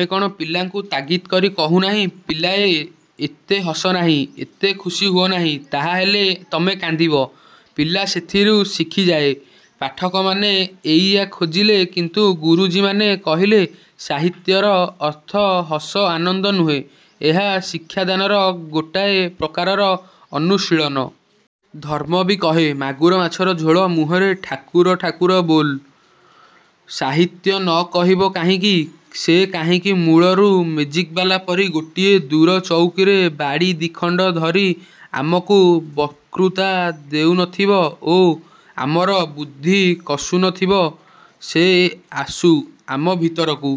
ଆମେ କ'ଣ ପିଲାଙ୍କୁ ତାଗିଦ୍ କରି କହୁ ନାହିଁ-ପିଲାଏ, ଏତେ ହସ ନାହିଁ। ଏତେ ଖୁସି ହୁଅ ନାହିଁ। ତାହାହେଲେ ତମେ କାନ୍ଦିବ। ପିଲା ସେଥିରୁ ଶିଖିଯାଏ। ପାଠକମାନେ ଏଇଆ ଖୋଜିଲେ। କିନ୍ତୁ ଗୁରୁଜୀମାନେ କହିଲେ ସାହିତ୍ୟର ଅର୍ଥ ହସ ଆନନ୍ଦ ନୁହେଁ। ଏହା ଶିକ୍ଷାଦାନର ଗୋଟାଏ ପ୍ରକାରର ଅନୁଶୀଳନ। ଧର୍ମ ବି କହେ- ମାଗୁର ମାଛର ଝୋଳ ମୁହଁରେ ଠାକୁର ଠାକୁର ବୋଲ। ସାହିତ୍ୟ ନ କହିବ କାହିଁକି? ସେ କାହିଁକି ମୂଳରୁ ମେଜିକବାଲା ପରି ଗୋଟିଏ ଦୂର ଚଉକିରେ ବାଡ଼ି ଦି'ଖଣ୍ତ ଧରି ଆମକୁ ବକ୍ତୃତା ଦେଉନଥିବ ଓ ଆମର ବୁଦ୍ଧି କଷୁନଥିବ? ସେ ଆସୁ ଆମ ଭିତରକୁ।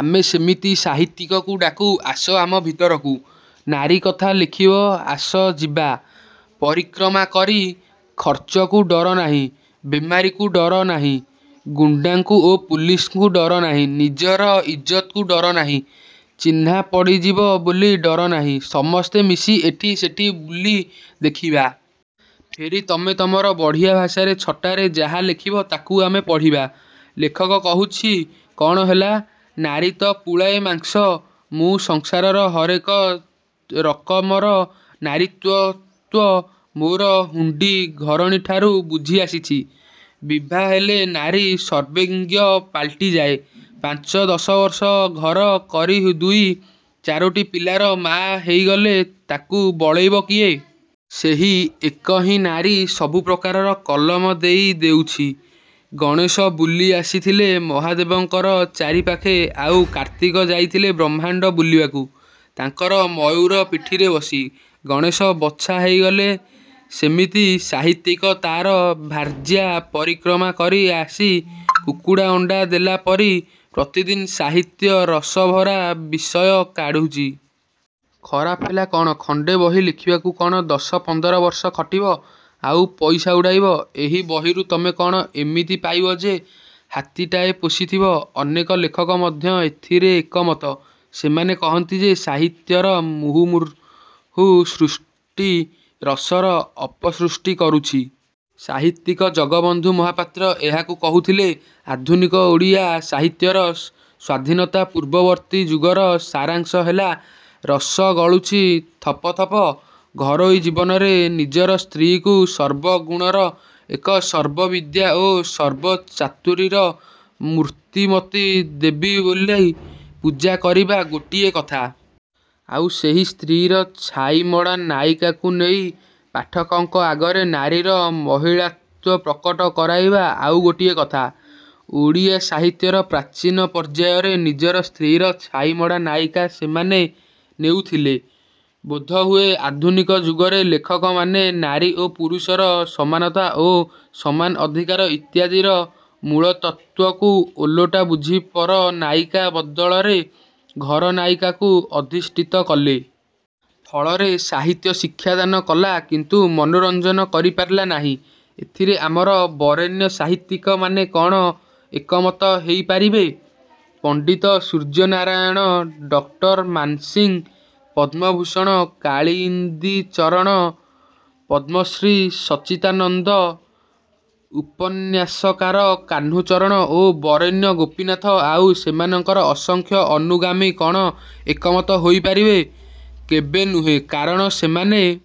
ଆମେ ସେମିତି ସାହିତ୍ୟିକକୁ ଡାକୁ-ଆସ ଆମ ଭିତରକୁ। ନାରୀ କଥା ଲେଖିବ-ଆସ ଯିବା। ପରିକ୍ରମା କରି। ଖର୍ଚ୍ଚକୁ ଡର ନାହିଁ। ବେମାରିକୁ ଡର ନାହିଁ। ଗୁଣ୍ତାଙ୍କୁ ଓ ପୁଲିସଙ୍କୁ ଡର ନାହିଁ। ନିଜର ଇଜ୍ଜତକୁ ଡର ନାହିଁ। ଚିହ୍ନା ପଡ଼ିଯିବ ବୋଲି ଡର ନାହିଁ। ସମସ୍ତେ ମିଶି ଏଠି ସେଠି ବୁଲି ଦେଖିବା। ଫେରି ତମେ ତମର ବଢ଼ିଆ ଭାଷାର ଛଟାରେ ଯାହା ଲେଖିବ ତାକୁ ଆମେ ପଢ଼ିବା। ଲେଖକ କହୁଛି-କ'ଣ ହେଲା? ନାରୀ ତ ପୁଳାଏ ମାଂସ। ମୁଁ ସଂସାରର ହରେକ ରକମର ନାରୀତତ୍ତ୍ୱ ମୋର ହୁଣ୍ତୀ ଘରଣୀଠାରୁ ବୁଝି ଆସିଛି। ବିଭାହେଲେ ନାରୀ ସର୍ବେଜ୍ଞ ପାଲଟିଯାଏ। ପାଞ୍ଚ ଦଶବର୍ଷ ଘର କରି ଦୁଇ ଚାରୋଟି ପିଲାର ମା ହେଇଗଲେ ତାକୁ ବଳେଇବ କିଏ? ସେହି ଏକ ହିଁ ନାରୀ ସବୁ ପ୍ରକାରର ଇଲମ ଦେଇ ଦେଉଛି। ଗଣେଶ ବୁଲି ଆସିଥିଲେ ମହାଦେବଙ୍କର ଚାରିପାଖେ ଆଉ କାର୍ତ୍ତିକ ଯାଇଥିଲେ ବ୍ରହ୍ମାଣ୍ତ ବୁଲିବାକୁ ତାଙ୍କର ମୟୁର ପିଠିରେ ବସି। ଗଣେଶ ବଛା ହେଇଗଲେ। ସେମିତି ସାହିତ୍ୟିକ ତାହାର ଭାର୍ଯ୍ୟା-ପରିକ୍ରମା କରି ଆସି କୁକୁଡ଼ା ଅଣ୍ତା ଦେଲା ପରି ପ୍ରତିଦିନ ସାହିତ୍ୟ ରସଭରା ବିଷୟ କାଢ଼ୁଛି। ଖରାପ ହେଲା କ'ଣ? ଖଣ୍ତେ ବହି ଲେଖିବାକୁ କ'ଣ ଦଶ ପନ୍ଦରବର୍ଷ ଖଟିବ ଆଉ ପଇସା ଉଡ଼ାଇବ? ଏହି ବହିରୁ ତମେ କ'ଣ ଏମିତି ପାଇବ ଯେ ହାତୀଟାଏ ପୋଷିଥିବ? ଅନେକ ଲେଖକ ମଧ୍ୟ ଏଥିରେ ଏକମତ। ସେମାନେ କହନ୍ତି ଯେ ସାହିତ୍ୟର ମୂହୁର୍ମୁହୁ ସୃଷ୍ଟି ରସର ଅପସୃଷ୍ଟି କରୁଛି। ସାହିତ୍ୟିକ ଜଗତବନ୍ଧୁ ମହାପାତ୍ର ଏହାକୁ କହୁଥିଲେ ଆଧୁନିକ ଓଡ଼ିଆ ସାହିତ୍ୟର ସ୍ୱାଧୀନତା ପୂର୍ବବର୍ତ୍ତୀ ଯୁଗର ସାରାଂଶ ହେଲା-ରସ ଗଳୁଛି ଥପ ଥପ। ଘରୋଇ ଜୀବନରେ ନିଜର ସ୍ତ୍ରୀକୁ ସର୍ବଗୁଣର ଓ ସର୍ବବିଦ୍ୟା ଓ ସର୍ବ ଚାତୁରୀର ମୂର୍ତ୍ତିମତୀ ଦେବୀ ବୋଲି ପୂଜା କରିବା ଗୋଟିଏ କଥା। ଆଉ ସେହି ସ୍ତ୍ରୀର ଛାଇମଡ଼ା ନାୟିକାକୁ ନେଇ ପାଠକଙ୍କ ଆଗରେ ନାରୀର ମହିଳାତ୍ୱ ପ୍ରକଟ କରାଇବା ଆଉ ଗୋଟିଏ କଥା। ଓଡ଼ିଆ ସାହିତ୍ୟର ପ୍ରାଚୀନ ପର୍ଯ୍ୟାୟରେ ନିଜର ସ୍ତ୍ରୀର ଛାଇମଡ଼ା ନାୟିକା ସେମାନେ ନେଉଥିଲେ। ବୋଧହୁଏ ଆଧୁନିକ ଯୁଗରେ ଲେଖକମାନେ ନାରୀ ଓ ପୁରୁଷର ସମାନତା ଓ ସମାନ ଅଧିକାର ଇତ୍ୟାଦିର ମୂଳତତ୍ତ୍ୱକୁ ଓଲଟା ବୁଝି ପର-ନାୟିକା ବଦଳରେ ଘର ନାୟିକାକୁ ଅଧିଷ୍ଠିତ କଲେ। ଫଳରେ ସାହିତ୍ୟ ଶିକ୍ଷାଦାନ କଲା କିନ୍ତୁ ମନୋରଞ୍ଜନ କରିପାରିଲା ନାହିଁ। ଏଥିରେ ଆମର ବରେଣ୍ୟ ସାହିତ୍ୟିକମାନେ କ'ଣ ଏକମତ ହେଇ ପାରିବେ? ପଣ୍ତିତ ସୂର୍ଯ୍ୟନାରାୟଣ, ଡକ୍ଟର ମାନସିଂ, ପଦ୍ମଭୂଷଣ କାଳିନ୍ଦୀଚରଣ, ପଦ୍ମଶ୍ରୀ ସଚ୍ଚିଦାନନ୍ଦ, ଉପନ୍ୟାସକାର କାହ୍ନୁଚରଣ ଓ ବରେଣ୍ୟ ଗୋପୀନାଥ ଆଉ ସେମାନଙ୍କର ଅସଂଖ୍ୟ ଅନୁଗାମୀ କ'ଣ ଏକମତ ହୋଇପାରିବେ? କେବେ ନୁହେଁ। କାରଣ ସେମାନେ